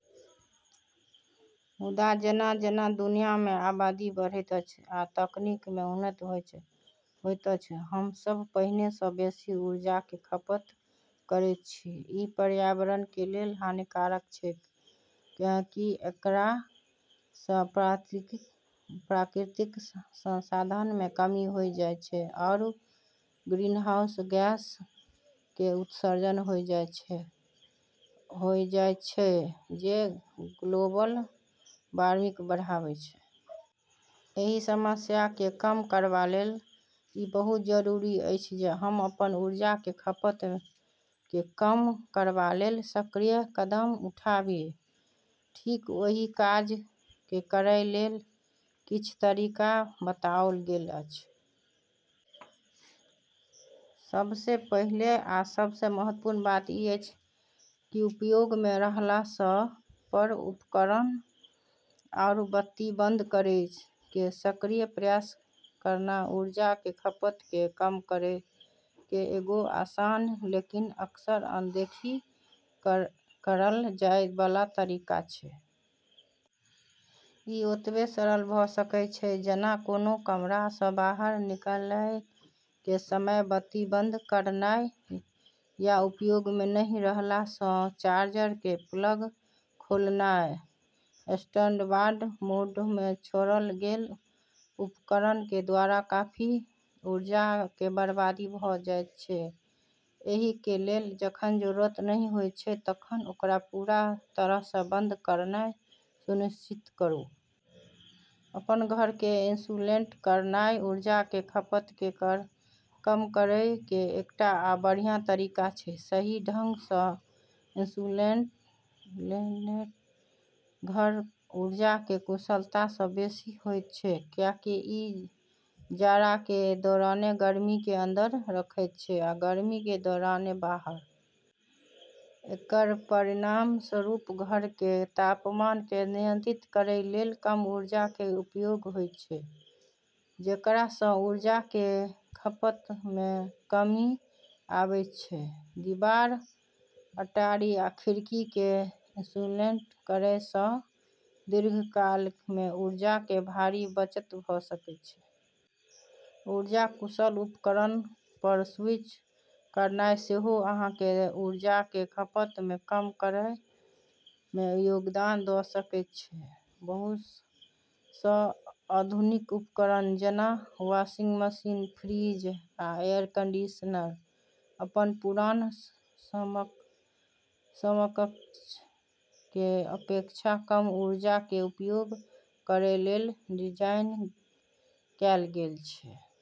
मुदा, जेना-जेना दुनिया के आबादी बढ़ैत अछि आ तकनीक के उन्नति होइत अछि, हम सब पहिने सँ बेसी ऊर्जा के खपत करैत छी। ई पर्यावरण के लेल हानिकारक छै, कैन्हेंकि एकरा स॑ प्राकृतिक संसाधन के कमी होय जाय छै, आरू ग्रीनहाउस गैस के उत्सर्जन होय जाय छै जे ग्लोबल वार्मिंग बढ़ाबै छै। एहि समस्या के कम करबा लेल ई बहुत जरूरी अछि जे हम अपन ऊर्जा के खपत के कम करबा लेल सक्रिय कदम उठाबी। ठीक ओहि काज के करय के किछ तरीका बताओल गेल अछि। सबसें पहिले आ सबसें महत्वपूर्ण बात ई छै कि उपयोग म॑ नै रहला पर उपकरण आरू बत्ती बंद करै के सक्रिय प्रयास करना ऊर्जा के खपत क॑ कम करै के एगो आसान लेकिन अक्सर अनदेखी करलऽ जाय वाला तरीका छै। ई ओतबे सरल भऽ सकएय छै जेना कोनों कमरा सँ बाहर निकलएय के समय बत्ती बंद करनाय, या उपयोग मे नहि रहला पर चार्जर के प्लग खोलनाय। स्टैंडबाई मोड मे छोड़ल गेल उपकरण के द्वारा काफी ऊर्जा के बर्बादी भऽ जाइत छै, एहि के लेल जखन जरूरत नहि होयत छै तखन ओकरा पूरा तरह सँ बंद करनाय सुनिश्चित करू। अपन घर के इन्सुलेट करनाय ऊर्जा के खपत के कम करय के एकटा आ बढ़िया तरीका छै। सही ढंग सँ इन्सुलेटेड घर ऊर्जा के कुशलता सँ बेसि होइत छै, कियाकि ई जाड़ा के दौरान गर्मी के अंदर रखैत छै, आ गर्मी के दौरान बाहर। एकरऽ परिणामस्वरूप घर के तापमान क॑ नियंत्रित करै लेल कम ऊर्जा के उपयोग होय छै, जेकरा स॑ ऊर्जा के खपत म॑ कमी आबै छै। दीवार, अटारी आ खिड़की के इन्सुलेट करय सँ दीर्घकाल मे ऊर्जा के भारी बचत भऽ सकय छै। ऊर्जा कुशल उपकरण पर स्विच करनाय सेहो अहाँ के ऊर्जा के खपत के कम करय मे योगदान दऽ सकय छै। बहुत सं आधुनिक उपकरण, जेना वाशिंग मशीन, फ्रिज, आ एयर कंडीशनर, अपन पुरान समकक्षक के अपेक्षा कम ऊर्जा के उपयोग करय के लेल डिजाइन कैल गेल छै।